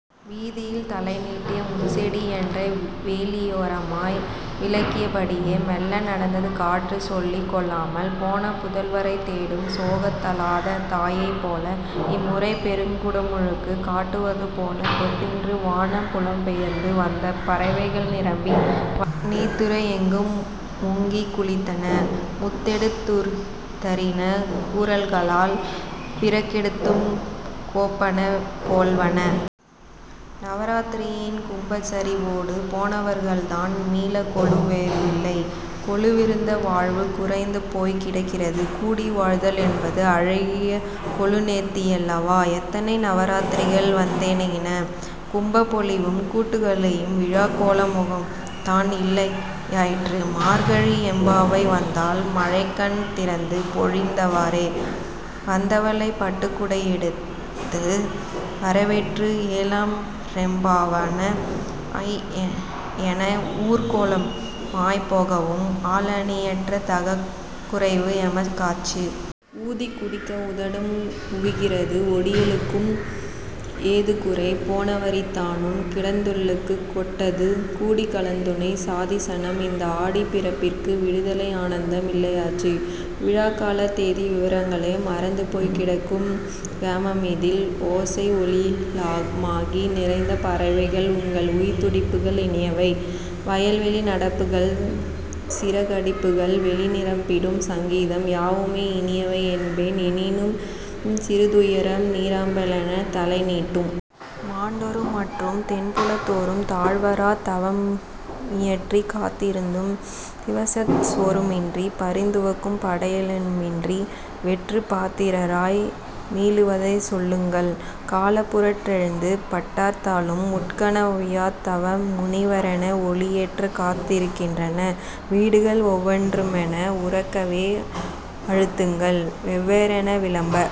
வீதியில் தலைநீட்டிய முட்செடியன்றை வேலியோரமாய் விலக்கியபடியே। மெல்ல நடந்தது காற்று சொல்லிக் கொள்ளாமல் போன புதல்வரைத் தேடும் சோகந் தாளாத தாயைப் போல. இம்முறை பெருங்குடமுழுக்குக் காட்டுவது போல கொட்டிற்று வானம் புலம் பெயர்ந்து வந்த பறவைகள் நிரம்பி வழிந்த நீர்த்துறையெங்கும் முங்கிக் குளித்தன; முத்தெடுத்துதறின கூரல்கலால் பிறகெடுத்துக் கோப்பன போல்வன. நவராத்திரியின் கும்பச்சரிவோடு போனவர்கள்தான் மீளக் கொலுவேறவில்லை கொலுவிருந்த வாழ்வு குலைந்து போய்க் கிடக்கிறது. கூடி வாழ்தல் என்பது அழகிய கொலுநேர்த்தியல்லவா? எத்தனை நவராத்திரிகள் வந்தேகின. கும்பப் பொலிவும், கூட்டுக்களியும், விழாக் கோலமும்தான் இல்லையாயிற்று. மார்கழி எம்பாவை வந்தாள் மழைக்கண் திறந்து பொழிந்தவாறே. வந்தவளை பட்டுக் குடையெடுத்து வரவேற்று "ஏலாம்ரெம்பாவாய்"என ஊர்கோலமாய்ப் போகவும் ஆளணியற்ற தவக்குறைவு எமக்காச்சு. ஊதிக் குடிக்க உதடும் குவிகிறது. ஒடியலுக்கும் ஏது குறை? போனவரியத்தானும் கிடந்துளுத்துக் கொட்டுது. கூடிக்கலந்துண்ணச் சாதிசனம்? இந்த ஆடிப் பிறப்பிற்கும் விடுதலை ஆனந்தம் இல்லையாச்சு. விழாக்காலத் தேதி விவரங்களே மறந்து போய்க் கிடக்கும் கிராமமிதில் ஓசை, ஒலில்லாகும்மாகி நிறைந்த பறவைகாள் உங்கள் உயிர்த்துடிப்புகள் இனியவை. வயல்வெளி நடப்புகள், சிறகடிப்புகள், வெளிநிரம்பிடும் சங்கீதம், யாவுமே இனியவை என்பேன் எனினும் சிறு துயரம் நீராம்பலெனத் தலைநீட்டும். மாண்டோரும் மற்றும் தென்புலத்தோரும் தாழ்வாரத் தவமியற்றிக் காத்திருந்தும் திவசச் சோறுமின்றி, பரிந்துவக்கும் படையலுமின்றி வெற்றுப் பாத்திரராய் மீளுவதைச் சொல்லுங்கள் காலப்புற்றெழுந்து படர்ந்தாலும் உட்கனலவியாத் தவ முனிவரென ஒளியேற்றக் காத்திருக்கின்றன வீடுகள் ஒவ்வொன்றுமென உரக்கவே அழுத்துங்கள். வேறென்ன விளம்ப